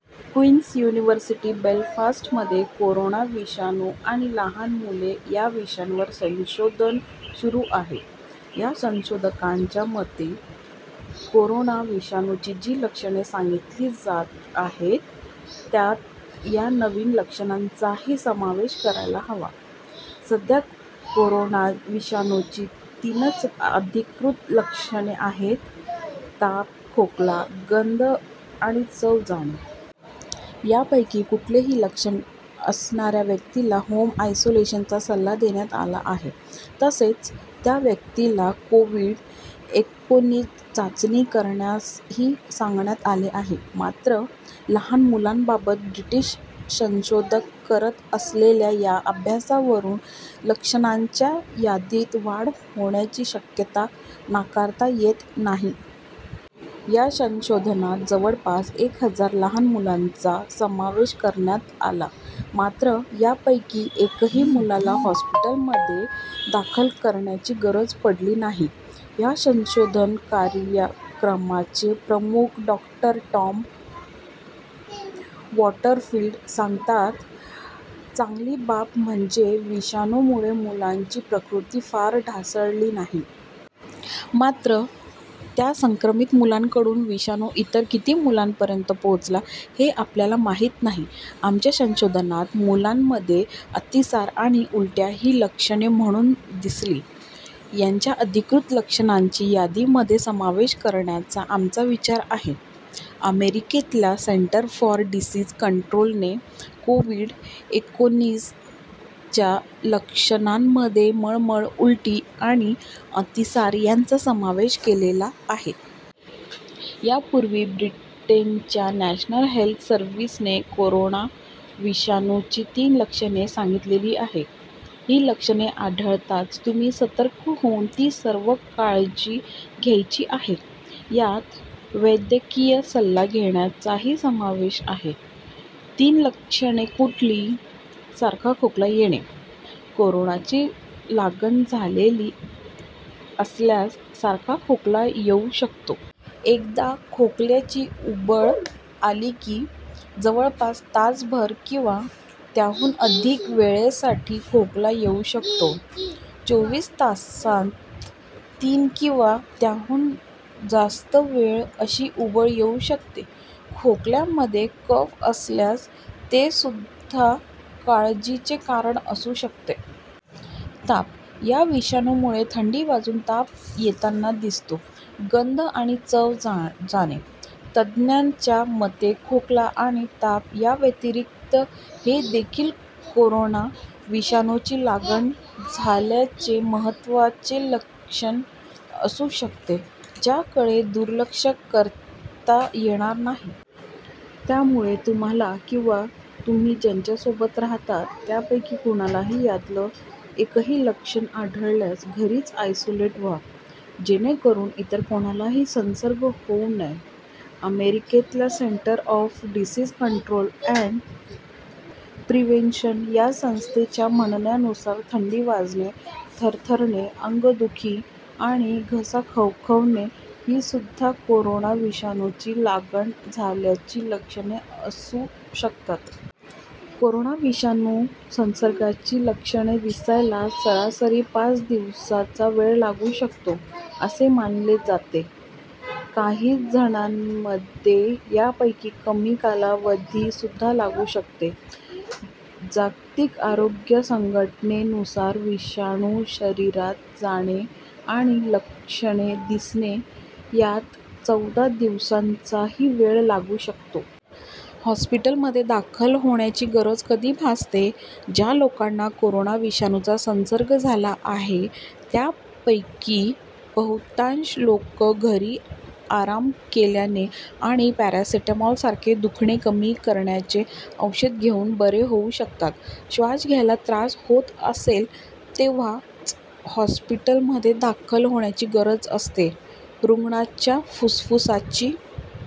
Quince university बेलफास्टमध्ये corona विषाणू आणि लहान मुले या विषयावर संशोधन सुरू आहे. या संशोधकांच्या मते कोरोना विषाणूची जी लक्षणे सांगितली जात आहेत त्यात या नवीन लक्षणांचाही समावेश करायला हवा. सध्या कोरोना विषाणूची तीनच अधिकृत लक्षणे आहेत - ताप, खोकला, गंध आणि चव जाणे. यापैकी कुठलेही लक्षण असणाऱ्या व्यक्तीला होम आयसोलेशनचा सल्ला देण्यात आला आहे. तसंच त्या व्यक्तीला कोव्हिड-एकोणीस चाचणी करण्यासही सांगण्यात आले आहे. मात्र, लहान मुलांबाबत ब्रिटिश संशोधक करत असलेल्या या अभ्यासावरून लक्षणांच्या यादीत वाढ होण्याची शक्यता नाकारता येत नाही. या संशोधनात जवळपास एक हजार लहान मुलांचा समावेश करण्यात आला. मात्र, यापैकी एकाही मुलाला हॉस्पिटलमध्ये दाखल करण्याची गरज पडली नाही. या संशोधन कार्यक्रमाचे प्रमुख डॉ. टॉम वॉटरफिल्ड सांगतात, "चांगली बाब म्हणजे विषाणूमुळे मुलांची प्रकृती फार ढासळली नाही. मात्र, त्या संक्रमित मुलांकडून विषाणू इतर किती मुलांपर्यंत पोहोचला, हे आपल्याला माहिती नाही. आमच्या संशोधनात मुलांमध्ये अतिसार आणि उलट्या ही लक्षणे म्हणून दिसली. यांचा अधिकृत लक्षणांच्या यादीमध्ये समावेश करण्याचा आमचा विचार आहे." अमेरिकेतल्या सेंटर फॉर डिसीज कंट्रोलने कोव्हिड-एकोणीसच्या लक्षणांमध्ये मळमळ, उलटी आणि अतिसार यांचा समावेश केलेला आहे. यापूर्वी ब्रिटनच्या नॅशनल हेल्थ सर्विसने कोरोना विषाणूची तीन लक्षणे सांगितलेली आहेत. ही लक्षणे आढळताच तुम्ही सतर्क होऊन सर्व ती काळजी घ्यायची आहे. यात वैद्यकीय सल्ला घेण्याचाही समावेश आहे. तीन लक्षणे कुठली? सारखा खोकला येणे - कोरोनाची लागण झालेली असल्यास सारखा खोकला येऊ शकतो. एकदा खोकल्याची उबळ आली की, जवळपास तासभर किंवा त्याहून अधिक वेळेसाठी खोकला येऊ शकतो. चोवीस तासांत तीन किंवा त्याहून जास्त वेळा अशी उबळ येऊ शकते. खोकल्यामध्ये कफ असल्यास तेसुद्धा काळजीचे कारण असू शकते. ताप - या विषाणूमुळे थंडी वाजून ताप येताना दिसतो. गंध आणि चव जाणे - तज्ज्ञांच्या मते खोकला आणि ताप याव्यतिरिक्त हेदेखील कोरोना विषाणूची लागण झाल्याचे महत्त्वाचे लक्षण असू शकते, ज्याकडे दुर्लक्ष करता येणार नाही. त्यामुळे तुम्हाला किंवा तुम्ही ज्यांच्यासोबत राहता त्यापैकी कुणाला यातलं एकही लक्षण आढळल्यास घरीच आयसोलेट व्हा, जेणेकरून इतर कुणाला संसर्ग होऊ नये. अमेरिकेतल्या centre for disease control and prevention या संस्थेच्या म्हणण्यानुसार थंडी वाजणे, थरथरणे, अंगदुखी आणि घसा खवखवणे हीसुद्धा कोरोना विषाणूची लागण झाल्याची लक्षणे असू शकतात. कोरोना विषाणू संसर्गाची लक्षणे दिसायला सरासरी पाच दिवसांचा वेळ लागतो, असे मानले जाते. काही जणांमध्ये यापेक्षा कमी कालावधीसुद्धा लागू शकतो. जागतिक आरोग्य संघटनेनुसार विषाणू शरीरात जाणे आणि लक्षणे दिसणे, यात चौदा दिवसांचाही वेळ लागू शकतो. हॉस्पिटलमध्ये दाखल होण्याची गरज कधी भासते? ज्या लोकांना कोरोना विषाणूचा संसर्ग झाला आहे त्यापैकी बहुतांश लोक घरी आराम केल्याने आणि पॅरासिटॅमॉलसारखे दुखणे कमी करण्याचे औषध घेऊन बरे होऊ शकतात. श्वास घ्यायला त्रास होत असेल तेव्हाच हॉस्पिटलमध्ये दाखल होण्याची गरज असते. रुग्णाच्या फुफ्फुसांची